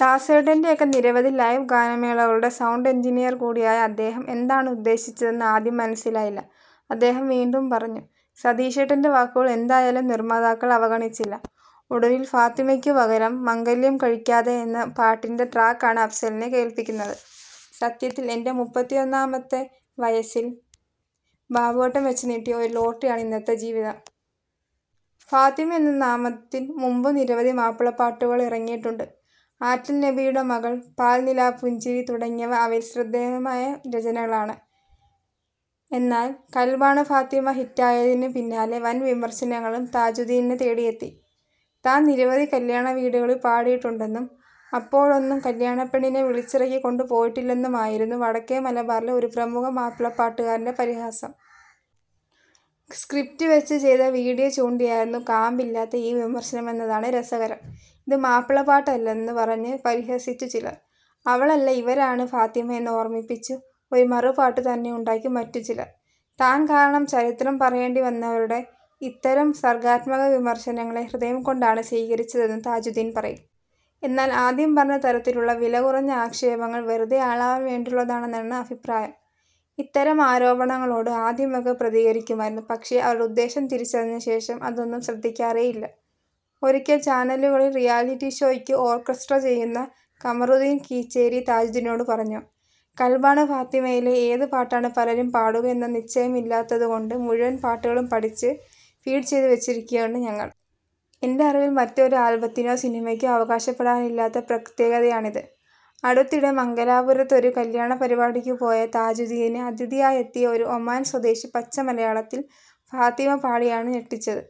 ദാസേട്ടന്റെയൊക്കെ നിരവധി ലൈവ് ഗാനമേളകളുടെ sound engineer കൂടിയായ അദ്ദേഹം എന്താണ് ഉദ്ദേശിച്ചതെന്ന് ആദ്യം മനസിലായില്ല. അദ്ദേഹം വീണ്ടും പറഞ്ഞു. സതീഷേട്ടൻറെ വാക്കുകൾ എന്തായാലും നിർമ്മാതാക്കൾ അവഗണിച്ചില്ല. ഒടുവിൽ ഫാത്തിമയ്ക്കു പകരം ' മംഗല്യം കഴിക്കാതെ ' എന്ന പാട്ടിൻറെ ട്രാക്കാണ് അഫ്സലിനെ കേൾപ്പിക്കുന്നത്. " സത്യത്തിൽ എൻറെ മുപ്പിത്തൊന്നാമത്തെ വയസിൽ ബാബുവേട്ടൻ വച്ചു നീട്ടിയ ഒരു ലോട്ടറിയാണ് ഇന്നത്തെ ജീവിതം! " ഫാത്തിമ എന്ന നാമത്തിൽ മുമ്പും നിരവധി മാപ്പിളപ്പാട്ടുകളിറങ്ങിയിട്ടുണ്ട്. ' ആറ്റൽ നബിയുടെ മകൾ ',' പാൽനിലാപ്പുഞ്ചിരി ' തുടങ്ങിയവ അവയിൽ ശ്രദ്ധേയമായ രചനകളുമാണ്. എന്നാൽ ' ഖൽബാണ് ഫാത്തിമ ' ഹിറ്റായതിനു പിന്നാലെ വൻ വിമർശനങ്ങളും താജുദ്ദീനെ തേടിയെത്തി. താൻ നിരവധി കല്ല്യാണ വീടുകളിൽ പാടിയിട്ടുണ്ടെന്നും അപ്പോഴൊന്നും കല്യാണപ്പെണ്ണിനെ വിളിച്ചിറക്കി കൊണ്ടു പോയിട്ടില്ലെന്നുമായിരുന്നു വടക്കേ മലബാറിലെ ഒരു പ്രമുഖ മാപ്പിളപ്പാട്ടുകാരൻറെ പരിഹാസം. സ്ക്രിപ്റ്റ് വച്ച് ചെയ്ത വീഡിയോ ചൂണ്ടിയായിരുന്നു കാമ്പില്ലാത്ത ഈ വിമർശനമന്നതാണ് രസകരം. ഇത് മാപ്പിളപ്പാട്ടല്ലെന്നു പറഞ്ഞ് പരിഹസിച്ചു ചിലർ. ' അവളല്ല ഇവരാണ് ഫാത്തിമ ' എന്നോർമ്മിപ്പിച്ച് ഒരു മറുപാട്ടു തന്നെയുണ്ടാക്കി മറ്റുചിലർ. താൻ കാരണം ചരിത്രം പറയേണ്ടി വന്നവരുടെ ഇത്തരം സർഗ്ഗാത്മക വിമർശനങ്ങളെ ഹൃദയം കൊണ്ടാണ് സ്വീകരിച്ചതെന്ന് താജുദ്ദീൻ പറയും. എന്നാൽ ആദ്യം പറഞ്ഞ തരത്തിലുള്ള വിലകുറഞ്ഞ ആക്ഷേപങ്ങൾ വെറുതെ ആളാവാൻ വേണ്ടിയുള്ളതാണെന്നാണ് അഭിപ്രായം. ഇത്തരം ആരോപണങ്ങളോട് ആദ്യമൊക്കെ പ്രതികരിക്കുമായിരുന്നു. പക്ഷേ അവരുടെ ഉദ്ദേശം തിരിച്ചറിഞ്ഞ ശേഷം അതൊന്നും ശ്രദ്ധിക്കാറേയില്ല. ഒരിക്കൽ ചാനലുകളിൽ റിയാലിറ്റി ഷോയ്ക്ക് ഓർക്കസ്ട്ര ചെയ്യുന്ന കമറുദ്ദീൻ കീച്ചേരി താജുദ്ദീനോടു പറഞ്ഞുഃ " ഖൽബാണ് ഫാത്തിമയിലെ ഏത് പാട്ടാണ് പലരും പാടുക എന്ന് നിശ്ചയമില്ലാത്തതു കൊണ്ട് മുഴുവൻ പാട്ടുകളും പഠിച്ച് ഫീഡ് ചെയ്തു വച്ചിരിക്കുകയാണ് ഞങ്ങൾ. എന്റെഅറിവിൽ മറ്റൊരു ആൽബത്തിനോ സിനിമയ്ക്കോ അവകാശപ്പെടാനില്ലാത്ത പ്രത്യേകതയാണിത്..! " അടുത്തിടെ മംഗലാപുരത്ത് ഒരു കല്യാണപ്പരിപാടിക്കു പോയ താജുദ്ദീനെ അതിഥിയായെത്തിയ ഒരു ഒമാൻ സ്വദേശി പച്ചമലയാളത്തിൽ ഫാത്തിമ പാടിയാണ് ഞെട്ടിച്ചത്.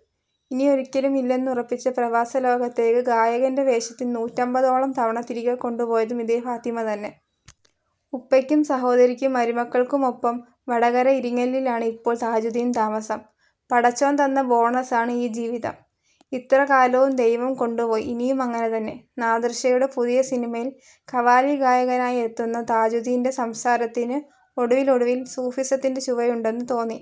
ഇനിയൊരിക്കലും ഇല്ലെന്നുറപ്പിച്ച പ്രവാസ ലോകത്തേക്ക് ഗായകന്റെ വേഷത്തിൽ നൂറ്റമ്പതോളം തവണ തിരികെക്കൊണ്ടു പോയതും ഇതേ ഫാത്തിമ തന്നെ. ഉപ്പയ്ക്കും സഹോദരിക്കും മരുമക്കൾക്കുമൊപ്പം വടകര ഇരിങ്ങലിലാണ് ഇപ്പോൾ താജുദ്ദീൻറെ താമസം. " പടച്ചോൻ തന്ന ബോണസാണ് ഈ ജീവിതം, ഇത്രകാലവും ദൈവം കൊണ്ടുപോയി, ഇനിയുമങ്ങനെ തന്നെ " നാദിർഷായുടെ പുതിയ സിനിമയിൽ ഖവാലി ഗായകനായി എത്തുന്ന താജുദ്ദീൻറെ സംസാരത്തിനു ഒടുവിലൊടുവിൽ സൂഫിസത്തിൻറെ ചുവയുണ്ടെന്ന് തോന്നി.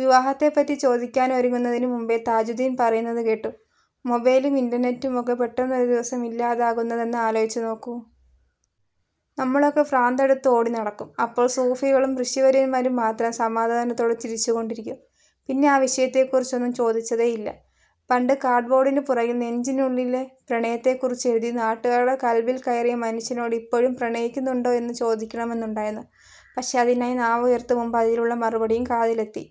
വിവാഹത്തെപ്പറ്റി ചോദിക്കാനൊരുങ്ങുന്നതിനു മുമ്പേ താജുദ്ദീൻ പറയുന്നതുകേട്ടുഃ " മൊബൈലും ഇൻറർനെറ്റുമൊക്കെ പെട്ടെന്നൊരു ദിവസം ഇല്ലാതാകുന്നതൊന്ന് ആലോചിച്ചു നോക്കൂ. നമ്മളൊക്കെ ഭ്രാന്തെടുത്ത് ഓടി നടക്കും. അപ്പോൾ സൂഫികളും ഋഷിവര്യന്മാരും മാത്രം സമാധാനത്തോടെ ചിരിച്ചുകൊണ്ടിരിക്കും ". പിന്നെ ആ വിഷയത്തെക്കുറിച്ചൊന്നും ചോദിച്ചതേയില്ല. പണ്ട് കാർഡ്ബോഡിനു പിറകിൽ നെഞ്ചിനുള്ളിലെ പ്രണയത്തെക്കുറിച്ചെഴുതി നാട്ടുകാരുടെ ഖൽബിൽ കയറിയ മനുഷ്യനോട് ഇപ്പോഴും പ്രണയിക്കുന്നുണ്ടോ എന്ന് ചോദിക്കണമെന്നുണ്ടായിരുന്നു. പക്ഷേ അതിനായി നാവുയർത്തും മുമ്പേ അതിനുള്ള മറുപടിയും കാതിലെത്തി.